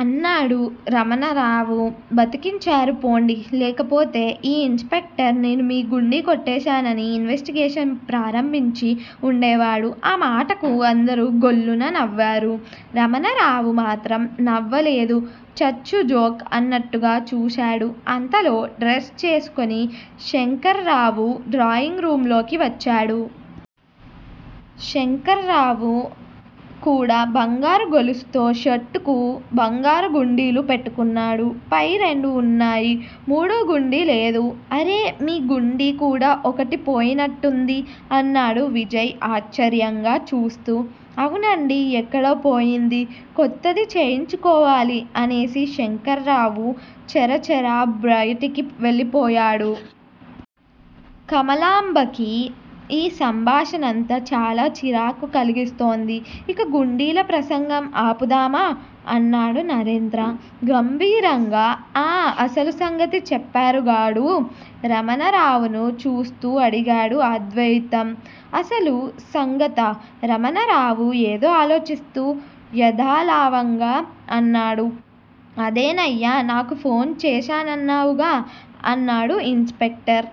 అన్నాడు రమణరావు. బతికించారు పోండి. లేకపోతే ఈ ఇన్ స్పెక్టర్ నేను మీ గుండీ కొట్టేశానని ఇన్వెస్టిగేషన్ ప్రారంభించి ఉండేవాడు. ఆ మాటకు అందరూ గొల్లున నవ్వారు. రమణరావు మాత్రం నవ్వలేదు. చచ్చుజోక్ అన్నట్టుగా చూశాడు. అంతలో డ్రెస్ చేసుకొని శంకర్రావు డ్రాయింగ్ రూంలోకి వచ్చాడు. శంకర్రావు కూడా బంగారు గొలుసుతో షర్టుకు బంగారుగుండీలు పెట్టుకున్నాడు. పై రెండూ ఉన్నాయి, మూడో గుండీ లేదు. అరే మీ గుండీ కూడా ఒకటి పోయినట్టుంది? అన్నాడు విజయ్ ఆశ్చర్యంగా చూస్తూ. అవునండీ. ఎక్కడో పోయింది. కొత్తది చేయించుకోవాలి అనేసి శంకర్ర్రావు చరచరా బయటికి వెళ్ళిపోయాడు. కమలాంబకి ఈ సంభాషణంతా చాలా చిరాకు కలిగిస్తోంది. ఇక గుండీల ప్రసంగం ఆపుదామా? అన్నాడు నరేంద్ర గంభీరంగా. ఆ! అసలు సంగతి చెప్పారు గాడు? రమణరావును చూస్తూ అడిగాడు అద్వయితం. అసలు సంగతా? రమణరావు ఏదోఆలోచిస్తూ యదాలావంగా అన్నాడు. అదేనయ్యా! నాకు ఫోన్ చేశానన్నావుగా? అన్నాడు ఇన్ స్పెక్టర్.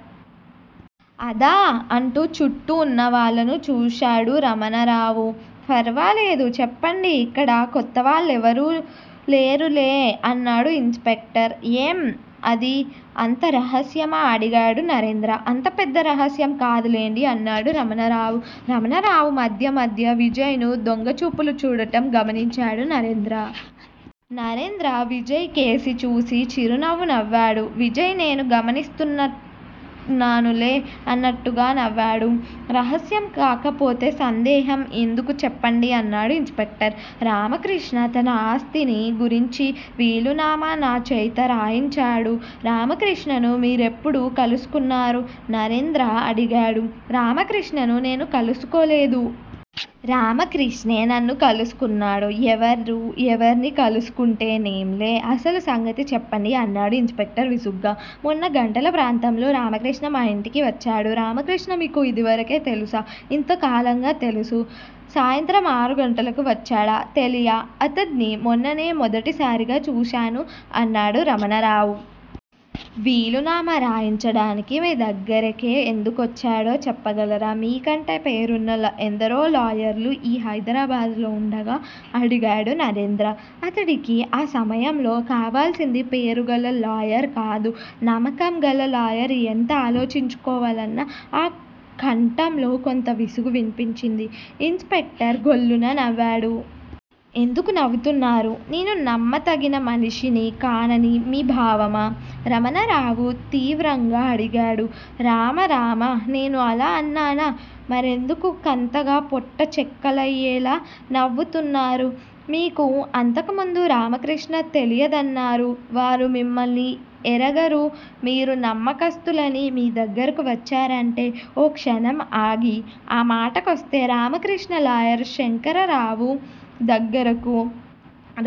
అదా? అంటూ చుట్టూ ఉన్నవాళ్ళను చూశాడురమణరావు. ఫర్వాలేదు. చెప్పండి. ఇక్కడ కొత్తవాళ్ళెవరూలేరులే అన్నాడు ఇన్ స్పెక్టర్. ఏం? అది అంత రహస్యమా? అడిగాడు నరేంద్ర. అంత పెద్ద రహస్యం కాదులెండి అన్నాడు రమణరావు. రమణరావు మధ్య మధ్య విజయ్ ను దొంగచూపులు చూడటం గమనించాడు నరేంద్ర. నరేంద్ర విజయ్ కేసి చూసి చిరునవ్వు నవ్వాడు. విజయ్ నేనూ గమనిస్తున్నానులే అన్నట్టుగా నవ్వాడు, రహస్యం కాకపోతే సందేహం ఎందుకు చెప్పండి అన్నాడు ఇన్ స్పెక్టర్. రామకృష్ణ తన ఆస్తిని గురించిన వీలునామా నాచేత రాయించాడు. రామకృష్ణను మీరెప్పుడు కలుసుకున్నారు? నరేంద్ర అడిగాడు రామకృష్ణను నేను కలుసుకోలేదు. రామకృష్ణే నన్ను కలుసుకున్నాడు. ఎవరు ఎవర్ని కలుసుకుంటే నేంలే! అసలు సంగతి చెప్పండి అన్నాడు ఇన్ స్పెక్టర్ విసుగ్గా. మొన్న గంటల ప్రాంతంలో రామకృష్ణ మా ఇంటికి వచ్చాడు. రామకృష్ణ మీకు ఇదివరకే తెలుసా? ఇంతకాలంగా తెలుసు? సాయంత్రం ఆరు గంటలకు వచ్చాడా? తెలియ. అతడ్ని మొన్ననే మొదటిసారిగా చూశాను అన్నాడు రమణరావు. వీలునామా రాయించడానికి మీ దగ్గరికే ఎందుకొచ్చాడో చెప్పగలరా? మీకంటే పేరున్న ఎందరో లాయర్లు ఈ హైదరాబాదులో ఉండగా? అడిగాడు నరేంద్ర. అతడికి ఆ సమయంలో కావాల్సింది పేరుగల లాయర్ కాదు. నమ్మకం గల లాయరు ఎంత అణచుకోవాలన్న ఆ కంఠంలో కొంత విసుగు వినిపించింది. ఇన్ స్పెక్టర్ గొల్లున నవ్వాడు. ఎందుకు నవ్వుతున్నారు? నేను నమ్మతగిన మనిషిని కానని మీ భావమా? రమణారావు తీవ్రంగా అడిగాడు. రామ! రామ! నేను అలా అన్నానా? మరెందు కంతగా పొట్ట చెక్కలయ్యేలా నవ్వుతున్నారు? మీకు అంతకు ముందు రామకృష్ణ తెలియదన్నారు. వారు మిమ్మల్ని ఎరగరు. మీరు నమ్మకస్తులని మీ దగ్గరకు వచ్చారంటే ఓ క్షణం ఆగి ఆ మాటకొస్తే రామకృష్ణ లాయర్ శంకరరావు దగ్గరకు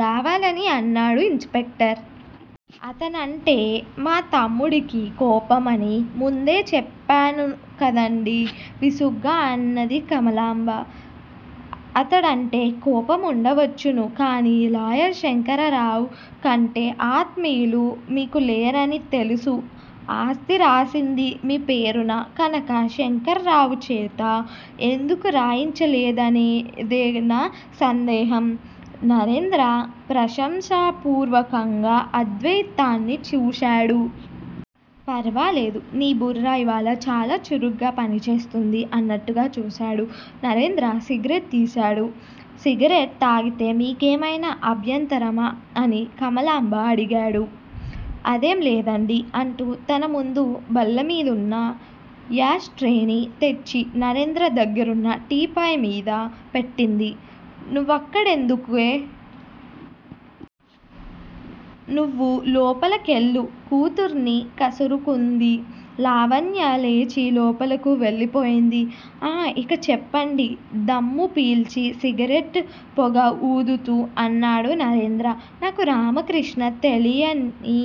రావాలి అన్నాడు ఇన్ స్పెక్టర్. అతనంటే మాతమ్ముడికి కోపం అని ముందే చెప్పానుకదండీ? విసుగ్గా అన్నది కమలాంబ. అతడంటే కోపం ఉండవచ్చును. కాని లాయర్ శంకరరావ్ కంటే ఆత్మీయులు మీకు లేరనీ తెలుసు ఆస్తి రాసింది మీ పేరున కనక శంకర్రావుచేత ఎందుకు రాయించలేదనేదేనా సందేహం. నరేంద్ర ప్రశంసాపూర్వకంగా అద్వాయితాన్ని చూశాడు. పర్వాలేదు. నీ బుర్ర ఇవ్వాళ చాలాచురుగ్గా పనిచేస్తుంది అన్నట్టుగాచూశాడు. నరేంద్ర సిగరెట్ తీశాడు. సిగరెట్ తాగితే మీకేమైనా అభ్యంతరమా? అని కమలాంబ అడిగాడు. అదేం లేదండీ అంటూ తన ముందు బల్లమీద ఉన్న యాష్ ట్రేని తెచ్చి నరేంద్ర దగ్గరున్న టీపాయ్ మీద పెట్టింది. నువ్వక్కడెందుకే. నువ్వులోపలకెళ్ళు. కూతుర్ని కసురుకుంది. లావణ్య లేచి లోపలకు వెళ్ళిపోయింది. ఆ ఇక చెప్పండి దమ్ము పీల్చి సిగరెట్ పొగఊదుతూ అన్నాడు నరేంద్ర. నాకు రామకృష్ణ తెలియని